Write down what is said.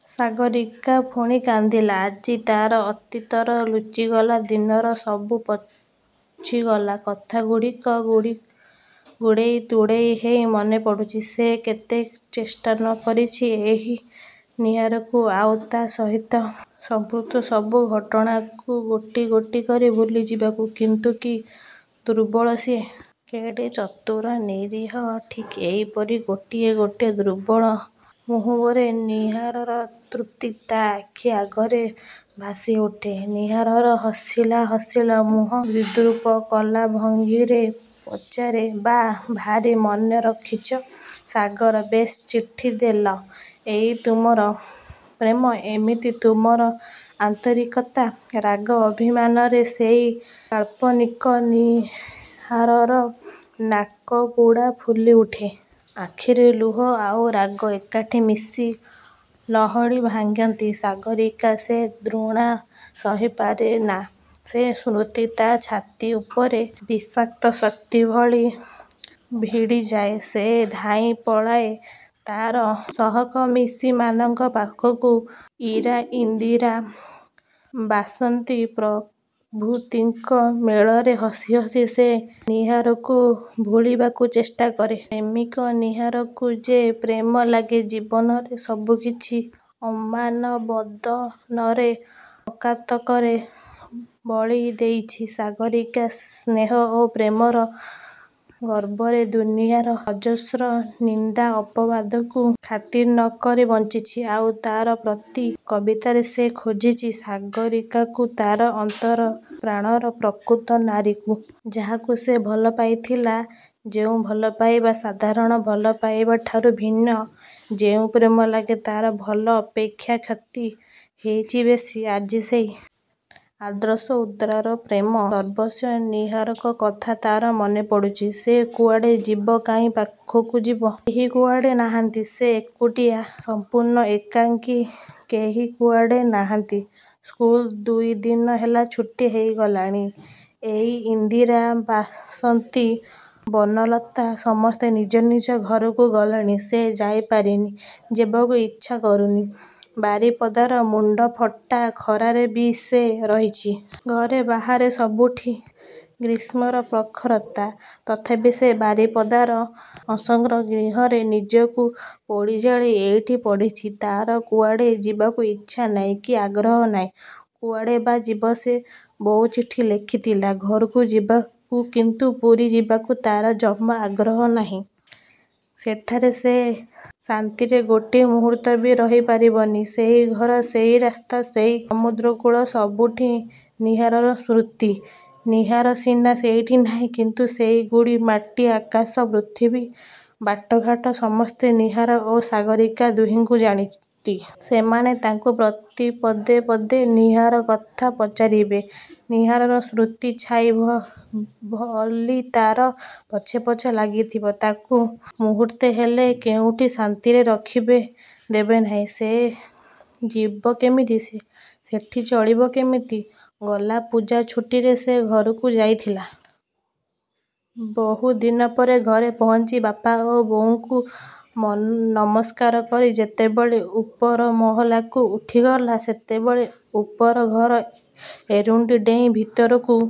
ସାଗରୀକା ପୁଣି କାନ୍ଦିଲା। ଆଜି ତା'ର ଅତୀତର ଲୁଚିଗଲା ଦିନର ସବୁ ଛପିଗଲା କଥାଗୁଡ଼ାକ ଗୁଡ଼େଇ ତୁଡ଼େଇ ହୋଇ ମନେପଡ଼ୁଛି। ସେ କେତେ। ଚେଷ୍ଟା ନ କରିଛି ଏହି ନୀହାରକୁ ଆଉ ତା' ସହିତ ସଂପୃକ୍ତ ସବୁ ଘଟଣାକୁ ଗୋଟି ଗୋଟି କରି ଭୁଲିଯିବାକୁ। କିନ୍ତୁ କି ଦୁର୍ବଳ ସେ। କେଡ଼େ ଚତୁର ନୀହାର। ଠିକ୍ ଏଇପରି ଗୋଟିଏ ଗୋଟିଏ ଦୁର୍ବଳ ମୁହୂର୍ତ୍ତରେ ନୀହାରର ସ୍ମୃତି ତା' ଆଖି ଆଗରେ ଭାସି ଉଠେ। ନୀହାରର ହସିଲା ହସିଲା ମୁହଁ ବିଦ୍ରୂପ କଲା ଭଙ୍ଗୀରେ ପଚାରେ–''ବାଃ ଭାରୀ ମନେରଖିଛ ସାଗର–ବେଶ୍ ଚିଠି ଦେଲ। ଏଇ ତମର ପ୍ରେମ–ଏମିତି ତମର ଆନ୍ତରିକତା''–ରାଗ ଅଭିମାନରେ ସେଇ କାଳ୍ପନିକ ନୀହାରର ନାକପୁଡ଼ା ଫୁଲି ଉଠେ। ଆଖିରେ ଲୁହ ଆଉ ରାଗ ଏକାଠି ମିଶି ଳହଡ଼ି ଭାଙ୍ଗନ୍ତି। ସାଗରୀକା ସେ ଦୃଶ୍ୟ ସହିପାରେନା। ସେ ସ୍ମୃତି ତା' ଛାତି ଭିତରେ ବିଷାକ୍ତ ଶର ଭଳି ଭେଦିଯାଏ। ସେ ଧାଇଁ ପଳାଏ ତା'ର ସହକର୍ମିଣୀମାନଙ୍କ ପାଖକୁ। ଇରା, ଇନ୍ଦିରା, ବାସନ୍ତୀ ପ୍ରଭୃତିଙ୍କ ମେଳରେ ହସି ହସି ସେ ନୀହାରକୁ ଭୁଳିବାକୁ ଚେଷ୍ଟା କରେ। ପ୍ରେମିକ ନୀହାରକୁ। ଯେ ପ୍ରେମ ଲାଗି ଜୀବନର ସବୁ କିଛି ଅମ୍ଳାନ ବଦନରେ ଅକାତରରେ ବଳି ଦେଇଛି। ସାଗରୀକାର ସ୍ନେହ ଓ ପ୍ରେମର ଗର୍ବରେ ଦୁନିଆର ଅଜସ୍ର ନିନ୍ଦା ଅପବାଦକୁ ଖାତିର୍ ନ କରି ବଞ୍ଚିଛି। ଆଉ ତା'ର ପ୍ରତି କବିତାରେ ସେ ଖୋଜିଛି ସାଗରୀକାକୁ, ତା'ର ଅନ୍ତରର ପ୍ରାଣର ପ୍ରକୃତ ନାରୀକୁ। ଯାହାକୁ ସେ ଭଲପାଇଥିଲା। ଯେଉଁ ଭଲପାଇବା ସାଧାରଣ ଭଲପାଇବା ଠାରୁ ଭିନ୍ନ। ଯେଉଁ 'ପ୍ରେମ' ଲାଗି ତା'ର ଲାଭ ଅପେକ୍ଷା କ୍ଷତି ହୋଇଛି ବେଶୀ। ଆଜି ସେଇ ଆଦର୍ଶ ଉଦାର ପ୍ରେମ-ସର୍ବସ୍ୱ ନୀହାରର କଥା ତା'ର ମନେପଡ଼ୁଛି। ସେ କୁଆଡ଼େ ଯିବ। କାହା ପାଖକୁ ଯିବ। କେହି କୁଆଡ଼େ ନାହାନ୍ତି। ସେ ଏକୁଟିଆ ସମ୍ପୂର୍ଣ୍ଣ ଏକାକୀ। କେହି କୁଆଡ଼େ ନାହାନ୍ତି। ସ୍କୁଲ ଦୁଇ ଦିନ ହେଲା ଛୁଟି ହୋଇଗଲାଣି। ଇରା, ଇନ୍ଦିରା, ବାସନ୍ତୀ, ବନଲତା ସମସ୍ତେ ନିଜ ନିଜ ଘରକୁ ଗଲେଣି। ସେ ଯାଇପାରିନି। ଯିବାକୁ ଇଚ୍ଛା କରିନି-। ବାରିପଦାର ମୁଣ୍ଡଫଟା ଖରାରେ ବି ସେ ରହିଛି। ଘରେ ବାହାରେ ସବୁଠି ଗ୍ରୀଷ୍ମର ପ୍ରଖରତା-। ତଥାପି ସେ ବାରିପଦାର ଅସହ୍ୟ ଗ୍ରୀଷ୍ମରେ ନିଜକୁ ପୋଡ଼ି ଜାଳି ଏଇଠି ପଡ଼ିଛି। ତା'ର କୁଆଡ଼େ ଯିବାକୁ ଇଚ୍ଛା ନାହିଁ କି ଆଗ୍ରହ ନାହିଁ। କୁଆଡ଼େ ବା ସେ ଯିବ। ବୋଉ ଚିଠି ଲେଖିଥିଲା; ଘରକୁ ଯିବାକୁ। କିନ୍ତୁ ପୁରୀ ଯିବାକୁ ତା'ର ଜମା ଆଗ୍ରହ ନାହିଁ। ସେଠାରେ ସେ ଶାନ୍ତିରେ ଗୋଟିଏ ମୁହୂର୍ତ୍ତ ବି ରହିପାରିବନି। ସେଇ ଘର, ସେଇ ରାସ୍ତା, ସେଇ ସମୁଦ୍ରକୂଳ ସବୁଠି ନୀହାରର ସ୍ମୃତି। ନୀହାର ସିନା ସେଇଠି ନାହିଁ। କିନ୍ତୁ ସେଇ ଗୋଡ଼ି ମାଟି, ଆକାଶ ପୃଥିବୀ, ବାଟଘାଟ ସମସ୍ତେ ନୀହାର ଓ ସାଗରୀକା ଦୁହିଁଙ୍କୁ ଜାଣନ୍ତି। ସେମାନେ ତାକୁ ପ୍ରତି ପଦେ ପଦେ ନୀହାର କଥା ପଚାରିବେ-। ନୀହାରର ସ୍ମୃତି ଛାଇ ଭଲି ତା'ର ପଛେ ପଛେ ଲାଗିଥିବ। ତାକୁ ମୁହୂର୍ତ୍ତେ ହେଲେ କେଉଁଠି ଶାନ୍ତିରେ ରଖେଇ ଦେବନାହିଁ। ସେ ଯିବ କେମିତି? ସେଠି ଚଳିବ କେମିତି? ଗଲା ପୂଜା ଛୁଟିରେ ସେ ଘରକୁ ଯାଇଥିଲା। ବହୁ ଦିନ ପରେ ଘରେ ପହଞ୍ଚି ବାପା ଓ ବୋଉଙ୍କୁ ନମସ୍କାର କରି ଯେତେବେଳେ ଉପର ମହଲାକୁ ଉଠିଗଲା, ସେତେବେଳେ ଉପର ଘର ଏରୁଣ୍ଡି ଡେଇଁ ଭିତରକୁ